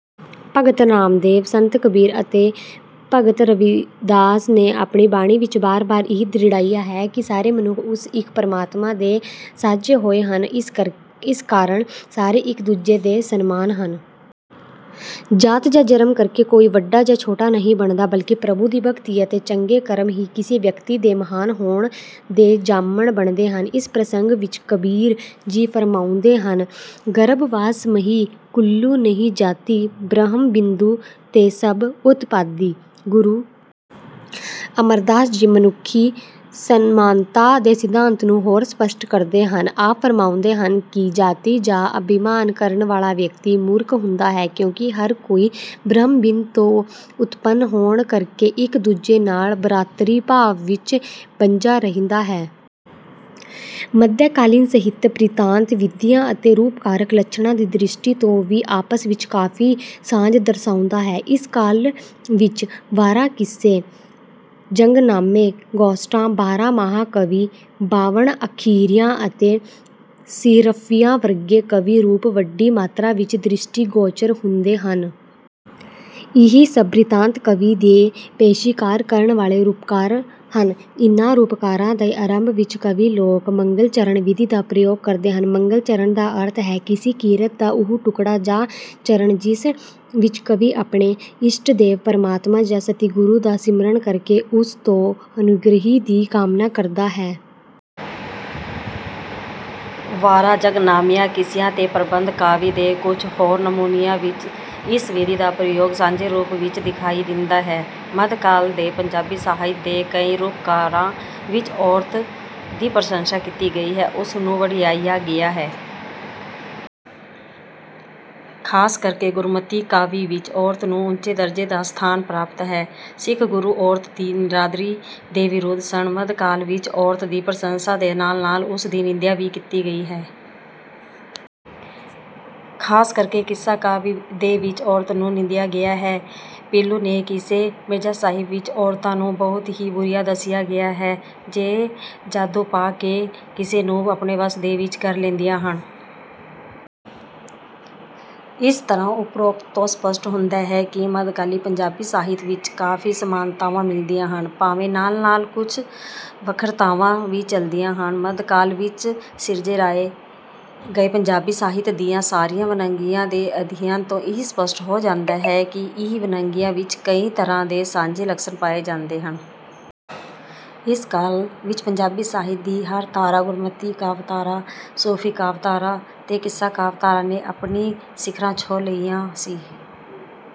ਭਗਤ ਨਾਮਦੇਵ, ਸੰਤ ਕਬੀਰ ਅਤੇ ਭਗਤ ਰਵਿਦਾਸ ਨੇ ਆਪਣੀ ਬਾਣੀ ਵਿੱਚ ਬਾਰ-ਬਾਰ ਇਹ ਦ੍ਰਿੜਾਇਆ ਹੈ ਕਿ ਸਾਰੇ ਮਨੁੱਖ ਉਸ ਇੱਕ ਪਰਮਾਤਮਾ ਦੇ ਸਾਜੇ ਹੋਏ ਹਨ ਅਤੇ ਇਸ ਕਾਰਨ ਸਾਰੇ ਇੱਕ-ਦੂਜੇ ਦੇ ਸਣਮਾਨ ਹਨ। ਜ਼ਾਤ ਜਾਂ ਜਨਮ ਕਰਕੇ ਕੋਈ ਵੱਡਾ ਜਾਂ ਛੋਟਾ ਨਹੀਂ ਬਣਦਾ ਬਲਕਿ ਪ੍ਰਭੂ ਦੀ ਭਗਤੀ ਅਤੇ ਚੰਗੇ ਕਰਮ ਹੀ ਕਿਸੇ ਵਿਅਕਤੀ ਦੇ ਮਹਾਨ ਹੋਣ ਦੇ ਜ਼ਾਮਨ ਬਣਦੇ ਹਨ। ਇਸ ਪ੍ਰਸੰਗ ਵਿੱਚ ਕਬੀਰ ਜੀ ਫਰਮਾਉਂਦੇ ਹਨ:ਗਰਭ ਵਾਸ ਮਹਿ ਕੁਲੁ ਨਹੀ ਜਾਤੀ ਬ੍ਰਹਮ ਬਿੰਦੁ ਤੇ ਸਭ ਉਤਪਾਤੀ ॥"ਗੁਰੂ ਅਮਰਦਾਸ ਜੀ ਮਨੁੱਖੀ ਸਨਮਾਨਤਾ ਦੇ ਸਿਧਾਂਤ ਨੂੰ ਹੋਰ ਸਪਸ਼ਟ ਕਰਦੇ ਹਨ। ਆਪ ਫਰਮਾਉਂਦੇ ਹਨ ਕਿ ਜਾਤੀ ਦਾ ਅਭਿਮਾਨ ਕਰਨ ਵਾਲਾ ਵਿਅਕਤੀ ਮੂਰਖ ਹੁੰਦਾ ਹੈ ਕਿਉਂਕਿ ਹਰ ਕੋਈ ਬ੍ਰਹਮ-ਬਿੰਦ ਤੋਂ ਉਤਪੰਨ ਹੋਣ ਕਰਕੇ ਇੱਕ-ਦੂਜੇ ਨਾਲ ਭਰਾਤਰੀ-ਭਾਵ ਵਿੱਚ ਬੰਝਾ ਰਹਿੰਦਾ ਹੈ। ਮੱਧਕਾਲੀਨ ਸਾਹਿਤ, ਬ੍ਰਿਤਾਂਤ-ਵਿਧੀਆਂ ਅਤੇ ਰੂਪਾਕਾਰਕ ਲੱਛਣਾਂ ਦੀ ਦ੍ਰਿਸ਼ਟੀ ਤੋਂ ਵੀ ਆਪਸ ਵਿੱਚ ਕਾਫੀ ਸਾਂਝ ਦਰਸਾਉਂਦਾ ਹੈ। ਇਸ ਕਾਲ ਵਿੱਚ ਵਾਰਾਂ, ਕਿੱਸੇ, ਜੰਗਨਾਮੇ, ਗੋਸ਼ਟਾਂ, ਬਾਰਹਮਾਹਾ ਕਾਵਿ, ਬਾਵਨ-ਅੱਖਰੀਆਂ ਅਤੇ ਸੀਹਰਫ਼ੀਆਂ ਵਰਗੇ ਕਾਵਿ-ਰੂਪ ਵੱਡੀ ਮਾਤਰਾ ਵਿੱਚ ਦ੍ਰਿਸ਼ਟੀਗੋਚਰ ਹੁੰਦੇ ਹਨ। ਇਹ ਸਭ ਬ੍ਰਿਤਾਂਤ-ਕਾਵਿ ਦੀ ਪੇਸ਼ੀ ਕਾਰ ਕਰਨ ਵਾਲੇ ਰੂਪਾਕਾਰ ਹਨ। ਇਨ੍ਹਾਂ ਰੂਪਾਕਾਰਾਂ ਦੇ ਆਰੰਭ ਵਿੱਚ ਕਵੀ ਲੋਕ 'ਮੰਗਲਚਰਣ' ਵਿਧੀ ਦਾ ਪ੍ਰਯੋਗ ਕਰਦੇ ਹਨ। ਮੰਗਲਚਰਣ ਦਾ ਅਰਥ ਹੈ ਕਿਸੇ ਕਿਰਤ ਦਾ ਉਹ ਟੁਕੜਾ ਜਾਂ ਚਰਣ ਜਿਸ ਵਿੱਚ ਕਵੀ ਆਪਣੇ ਇਸ਼ਟਦੇਵ, ਪਰਮਾਤਮਾ ਜਾਂ ਸਤਿਗੁਰੂ ਦਾ ਸਿਮਰਨ ਕਰਕੇ ਉਸ ਤੋਂ ਅਨੁਗ੍ਰਹਿ ਦੀ ਕਾਮਨਾ ਕਰਦਾ ਹੈ। ਵਾਰਾਂ, ਜੰਗਨਾਮਿਆਂ, ਕਿੱਸਿਆਂ ਅਤੇ ਪ੍ਰਬੰਧ ਕਾਵਿ ਦੇ ਕੁੱਝ ਹੋਰ ਨਮੂਨਿਆਂ ਵਿੱਚ ਇਸ ਵਿਧੀ ਦਾ ਪ੍ਰਯੋਗ ਸਾਂਝੇ ਰੂਪ ਵਿੱਚ ਦਿਖਾਈ ਦਿੰਦਾ ਹੈ। ਮੱਧਕਾਲ ਦੇ ਪੰਜਾਬੀ ਸਾਹਿਤ ਦੇ ਕਈ ਰੂਪਾਕਾਰਾਂ ਵਿੱਚ ਔਰਤ ਦੀ ਪ੍ਰਸ਼ੰਸਾ ਕੀਤੀ ਗਈ ਹੈ; ਉਸਨੂੰ ਵਡਿਆਇਆ ਗਿਆ ਹੈ। ਖਾਸ ਕਰਕੇ ਗੁਰਮਤਿ ਕਾਵਿ ਵਿੱਚ ਔਰਤ ਨੂੰ ਉੱਚ ਦਰਜੇ ਦਾ ਸਥਾਨ ਪ੍ਰਾਪਤ ਹੈ। ਸਿੱਖ ਗੁਰੂ ਔਰਤ ਦੀ ਨਿਰਾਦਰੀ ਦੇ ਵਿਰੁੱਧ ਸਨ। ਮੱਧਕਾਲ ਵਿੱਚ ਔਰਤ ਦੀ ਪ੍ਰਸੰਸਾ ਦੇ ਨਾਲ-ਨਾਲ ਉਸਦੀ ਨਿੰਦਿਆ ਵੀ ਕੀਤੀ ਗਈ ਹੈ। ਖਾਸ ਕਰਕੇ ਕਿੱਸਾ ਕਾਵਿ ਦੇ ਵਿੱਚ ਔਰਤ ਨੂੰ ਨਿੰਦਿਆ ਗਿਆ ਹੈ। ਪੀਲੂ ਦੇ ਕਿੱਸੇ 'ਮਿਰਜ਼ਾ-ਸਾਹਿਬਾਂ' ਵਿੱਚ ਵੀ ਔਰਤਾਂ ਨੂੰ ਬਹੁਤ ਬੁਰੀਆਂ ਦੱਸਿਆ ਗਿਆ ਹੈ, ਜੋ ਜਾਦੂ ਪਾ ਕੇ ਕਿਸੇ ਨੂੰ ਵੀ ਆਪਣੇ ਵੱਸ ਵਿੱਚ ਕਰ ਲੈਂਦੀਆਂ ਹਨ। ਇਸ ਤਰ੍ਹਾਂ ਉਪਰੋਕਤ ਤੋਂ ਸਪੱਸ਼ਟ ਹੁੰਦਾ ਹੈ ਕਿ ਮੱਧਕਾਲੀ ਪੰਜਾਬੀ ਸਾਹਿਤ ਵਿੱਚ ਕਾਫੀ ਸਮਾਨਤਾਵਾਂ ਮਿਲਦੀਆਂ ਹਨ, ਭਾਵੇਂ ਨਾਲ-ਨਾਲ ਕੁੱਝ ਵੱਖਰਤਾਵਾਂ ਵੀ ਚਲਦੀਆਂ ਹਨ। ਮੱਧਕਾਲ ਵਿੱਚ ਸਿਰਜੇ ਗਏ ਪੰਜਾਬੀ ਸਾਹਿਤ ਦੀਆਂ ਸਾਰੀਆਂ ਵੰਨਗੀਆਂ ਦੇ ਅਧਿਐਨ ਤੋਂ ਇਹ ਸਪੱਸ਼ਟ ਹੋ ਜਾਂਦਾ ਹੈ ਕਿ ਇਨ੍ਹਾਂ ਵੰਨਗੀਆਂ ਵਿੱਚ ਕਈ ਤਰ੍ਹਾਂ ਦੇ ਸਾਂਝੇ ਲੱਛਣ ਪਾਏ ਜਾਂਦੇ ਹਨ। ਇਸ ਕਾਲ ਵਿੱਚ ਪੰਜਾਬੀ ਸਾਹਿਤ ਦੀ ਹਰ ਧਾਰਾ ਗੁਰਮਤਿ ਕਾਵਿ ਧਾਰਾ, ਸੂਫ਼ੀ ਕਾਵਿ ਧਾਰਾ ਅਤੇ ਕਿੱਸਾ ਕਾਵਿ ਧਾਰਾ ਨੇ ਆਪਣੀ ਸਿਖਰਾ ਛੋਹ ਲਈ ਸੀ।